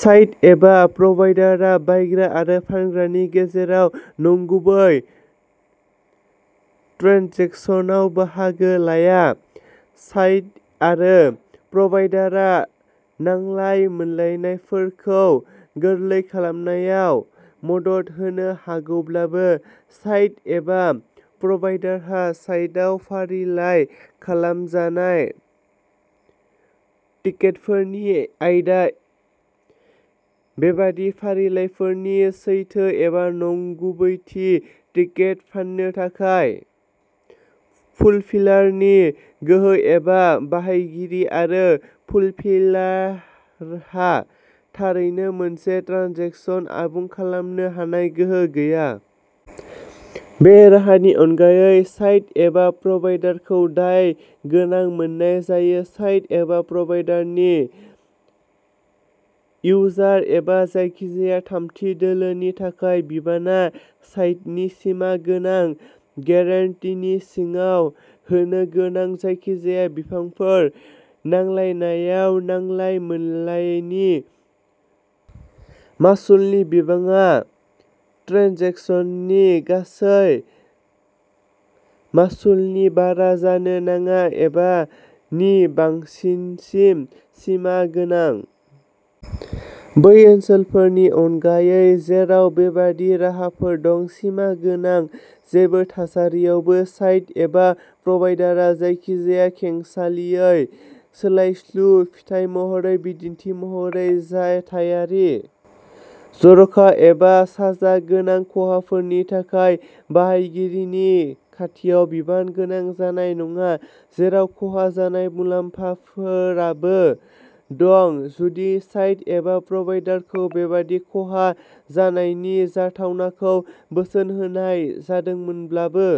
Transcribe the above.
Site एबा प्र'वाइडारआ बायग्रा आरो फानग्राफोरनि गेजेराव नंगुबै ट्रेन्जेकसनआव बाहागो लाया। साइट आरो प्र'वाइडारआ नांलाय-मोनलायफोरखौ गोरलै खालामनायाव मदद होनो हागौब्लाबो, साइट एबा प्र'वाइडारहा साइटआव फारिलाइ खालामजानाय टिकेटफोरनि आयदा, बेबादि फारिलाइफोरनि सैथो एबा नंगुबैथि, टिकेट फान्नो थाखाय फुलफिलारनि गोहो, एबा बाहायगिरि आरो फुलफिलारहा थारैनो मोनसे ट्रेन्जेकसन आबुं खालामनो हानाय गोहो गैया। बे राहानि अनगायै, साइट एबा प्र'वाइडारखौ दाय गोनां मोननाय जायोब्ला, साइट एबा प्र'वाइडारनि इउजार एबा जायखिजाया थामथि दोलोनि थाखाय बिबानआ साइटनि सिमा गोनां गेरेन्टीनि सिङाव होनोगोनां जायखिजाया बिबांफोर, नांलायनायाव नांलाय-मोनलायनि मासुलनि बिबांआ ट्रेन्जेकसननि गासै मासुलनि बारा जानो नाङा, एबा नि बांसिनसिम सिमा गोनां। बै ओनसोलफोरनि अनगायै जेराव बेबादि राहाफोर दं। सिमा गोनां, जेबो थासारियावबो साइट एबा प्र'वाइडारआ जायखिजाया खेंसालियायै, सोलायस्लु, फिथाय महरै, बिदिन्थि महरै, जाथायारि, जर'खा एबा साजा गोनां खहाफोरनि थाखाय बाहायगिरिनि खाथियाव बिबान गोनां जानाय नङा, जेराव खहा जानाय मुलाम्फाबो दं, जुदि साइट एबा प्र'वाइडारखौ बेबादि खहा जानायनि जाथावनाखौ बोसोन होनाय जादोंब्लाबो।